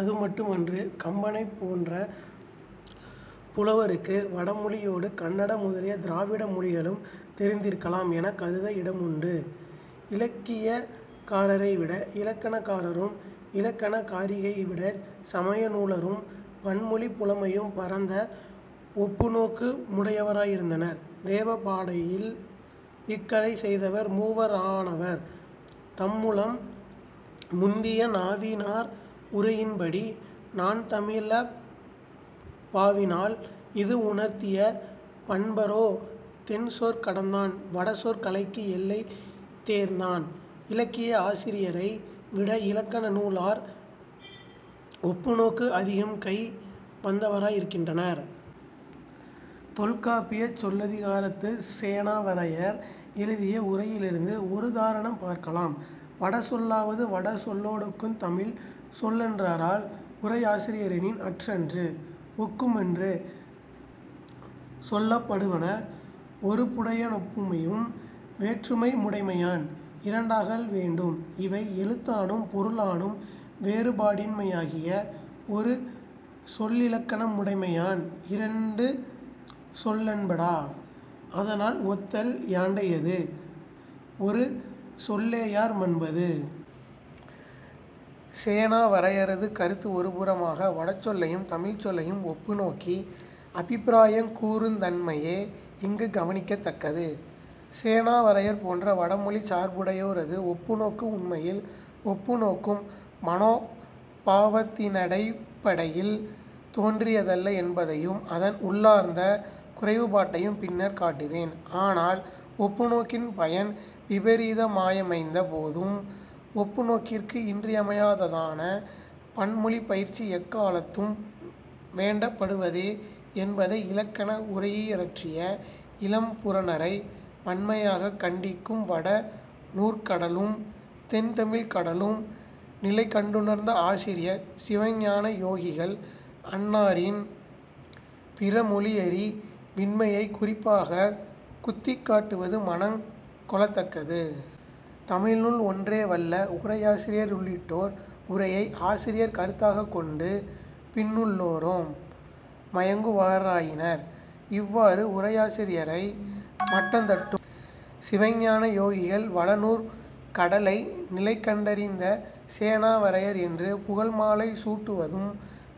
அது மட்டுமன்று. கம்பனைப் போன்ற புலவருக்கு வடமொழியோடு கன்னடம் முதலிய திராவிட மொழிகளும் தெரிந்திருக்கலாம் எனக் கருத இடமுண்டு. இலக்கியகாரரைவிட இலக்கணகாரரும் இலக்கணகாரரைவிடச் சமய நூலாரும் பன்மொழிப் புலமையும் பரந்த ஒப்புநோக்கு முடையவராயிருந்தனர். "தேவ பாடையில் இக்கதை செய்தவர் மூவ ரானவர் தம்முளும் முந்திய நாவி னார்உரை யின்படி நான்தமிழ்ப் பாவி னால்இது உணர்த்திய பண்பரோ" "தென்சொற் கடந்தான் வடசொற் கலைக்கு எல்லை தேர்ந்தான்" இலக்கிய ஆசிரியரை விட இலக்கண நூலார் ஒப்பு நோக்கு அதிகம் கை வந்தவராயிருக்கின்றனர். தொல்காப்பியச் சொல்லதிகாரத்துச் சேனாவரையர் எழுதிய உரையிலிருந்து ஒருதாரணம் பார்க்கலாம்: "வட சொல்லாவது வட சொல்லோடொக்குந் தமிழ்ச் சொல்லென்றாரால் உரையாசிரியரெனின், அற்றன்று: ஒக்குமென்று சொல்லப்படுவன ஒருபுடையனொப்புமையும் வேற்றுமைமுடைமையான் இரண்டாகல் வேண்டும். இவை எழுத்தானும் பொருளானும் வேறுபாடின்மையாகிய ஒரு சொல்லிலக்கணமுடைமையான் இரண்டு சொல்லெனப்படா: அதனால் ஒத்தல் யாண்டையது? ஒரு சொல்லேயார்மன்பது. " சேனாவரையரது கருத்து ஒருபுறமாக, வட சொல்லையும் தமிழ்ச் சொல்லையும் ஒப்புநோக்கி அபிப்பிராயங் கூறுந்தன்மையே இங்குக் கவனிக்கத்தக்கது. சேனாவரையர் போன்ற வட மொழிச் சார்புடையோரது ஒப்புநோக்கு உண்மையில் ஒப்புநோக்கும் மனோ பாவத்தினடிப்படையில் தோன்றியதல்ல என்பதையும் அதன் உள்ளார்ந்த குறைவுபாட்டையும் பின்னர் காட்டுவேன். ஆனால் ஒப்புநோக்கின் பயன் விபரீதமாயமைந்த போதும் ஒப்புநோக்கிற்கு இன்றியமையாததான பன்மொழிப்பயிற்சி எக்காலத்தும் வேண்டப்படுவதே என்பதை இலக்கண உரையியற்றிய இளம்பூரணரை வன்மையாகக் கண்டிக்கும் வட நூற்கடலும் தென்தமிழ்க் கடலும் நிலைகண்டுணர்ந்த ஆசிரியர் சிவஞானயோகிகள் அன்னாரின் பிறமொழியறிவின்மையைக் குறிப்பாகக் குத்திக்காட்டுவது மனங் கொளத்தக்கது. தமிழ் நூல் ஒன்றே வல்ல உரையாசிரியருள்ளிட்டோர் உரையை ஆசிரியர் கருத்தாகக் கொண்டு பின்னுள்ளோரும் மயங்குவாராயினர். இவ்வாறு உரையாசிரியரை மட்டந்தட்டும் சிவஞான யோகிகள் வட நூற் கடலை நிலைகண்டறிந்த சேனாவரையர் என்று புகழ்மாலை சூட்டுவதும்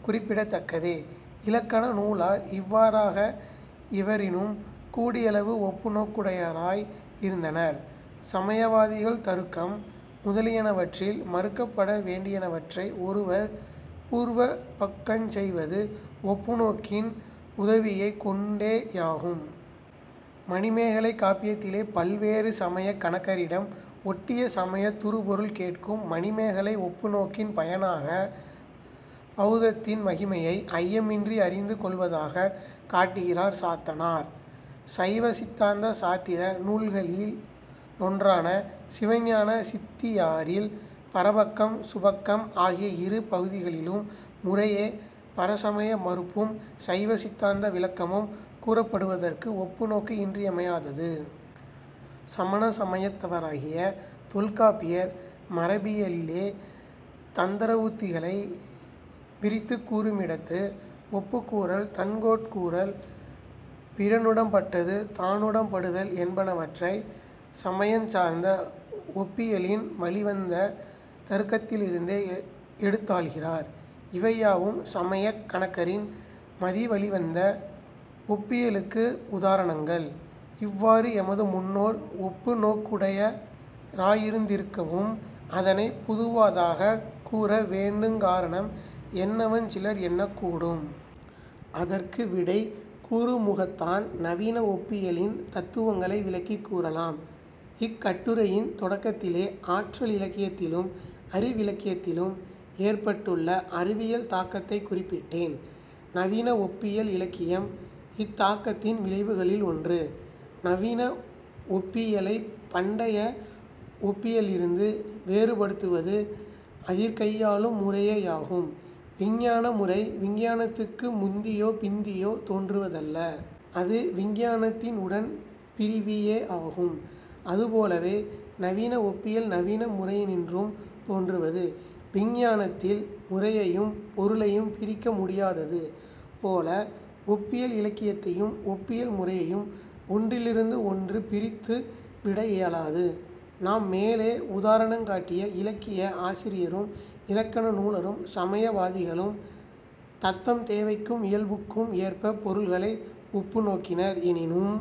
குறிப்பிடத்தக்கதே. இலக்கண நூலார் இவ்வாறாக இவரினும் கூடியளவு ஒப்புநோக்குடையராய் இருந்தனர். சமயவாதிகள் தருக்கம் முதலியனவற்றில் மறுக்கப்பட வேண்டியனவற்றை ஒருவர் பூர்வபக்கஞ் செய்வது ஒப்புநோக்கின் உதவியைக் கொண்டேயாகும். மணிமேகலைக் காப்பியத்திலே பல்வேறு சமயக் கணக்கரிடம் ஒட்டிய சமயத் துறுபொருள் கேட்கும் மணிமேகலை ஒப்புநோக்கின் பயனாக பௌத்தத்தின் மகிமையை ஐயமின்றி அறிந்து கொள்வதாகக் காட்டுகிறார் சாத்தனார். சைவ சித்தாந்த சாத்திர நூல்களிலொன்றான சிவஞான சித்தியாரில் பரபக்கம், சுபக்கம் ஆகிய இரு பகுதிகளிலும் முறையே பரசமய மறுப்பும் சைவ சித்தாந்த விளக்கமும் கூறப்படுவதற்கு ஒப்புநோக்கு இன்றியமையாதது. சமண சமயத்தவராகிய தொல்காப்பியர் மரபியலிலே தந்திரவுத்திகளை விரித்துக் கூறுமிடத்து, ஒப்பக்கூறல், தன்கோட்கூறல், பிறனுடம்பட்டது தானுடம்படுதல் என்பனவற்றை சமயஞ் சார்ந்த ஒப்பியலின் வழிவந்த தருக்கத்திலிருந்தே எடுத்தாள்கிறார். இவையாவும் சமயக் கணக்கரின் மதி வழிவந்த ஒப்பியலுக்கு உதாரணங்கள். இவ்வாறு எமது முன்னோர் ஒப்பு நோக்குடையராயிருந்திருக்கவும் அதனைப் புதுவதாகக் கூற வேண்டுங் காரணம் என்னவெனச் சிலர் எண்ணக் கூடும். அதற்கு விடை கூறுமுகத்தான் நவீன ஒப்பியலின் தத்துவங்களை விளக்கிக் கூறலாம். இக் கட்டுரையின் தொடக்கத்திலே ஆற்றல் இலக்கியத்திலும் அறிவிலக்கியத்திலும் ஏற்பட்டுள்ள அறிவியல் தாக்கத்தைக் குறிப்பிட்டேன். நவீன ஒப்பியல் இலக்கியம் இத்தாக்கத்தின் விளைவுகளில் ஒன்று. நவீன ஒப்பியலைப் பண்டைய ஒப்பியலிலிருந்து வேறுபடுத்துவது அதிற்கையாளும் முறையேயாகும். விஞ்ஞான முறை விஞ்ஞானத்துக்கு முந்தியோ பிந்தியோ தோன்றுவதல்ல. அது விஞ்ஞானத்தின் உடன் பிறவியேயாகும். அதுபோலவே, நவீன ஒப்பியல் நவீன முறையினின்றும் தோன்றுவது. விஞ்ஞானத்தில் முறையையும் பொருளையும் பிரிக்க முடியாதது போல ஒப்பியல் இலக்கியத்தையும் ஒப்பியல் முறையையும் ஒன்றிலிருந்து ஒன்று பிரித்து விட இயலாது. நாம் மேலே உதாரணங் காட்டிய இலக்கிய ஆசிரியரும் இலக்கண நூலாரும் சமய வாதிகளும் தத்தம் தேவைக்கும் இயல்புக்கும் ஏற்பப் பொருள்களை ஒப்பு நோக்கினர். எனினும்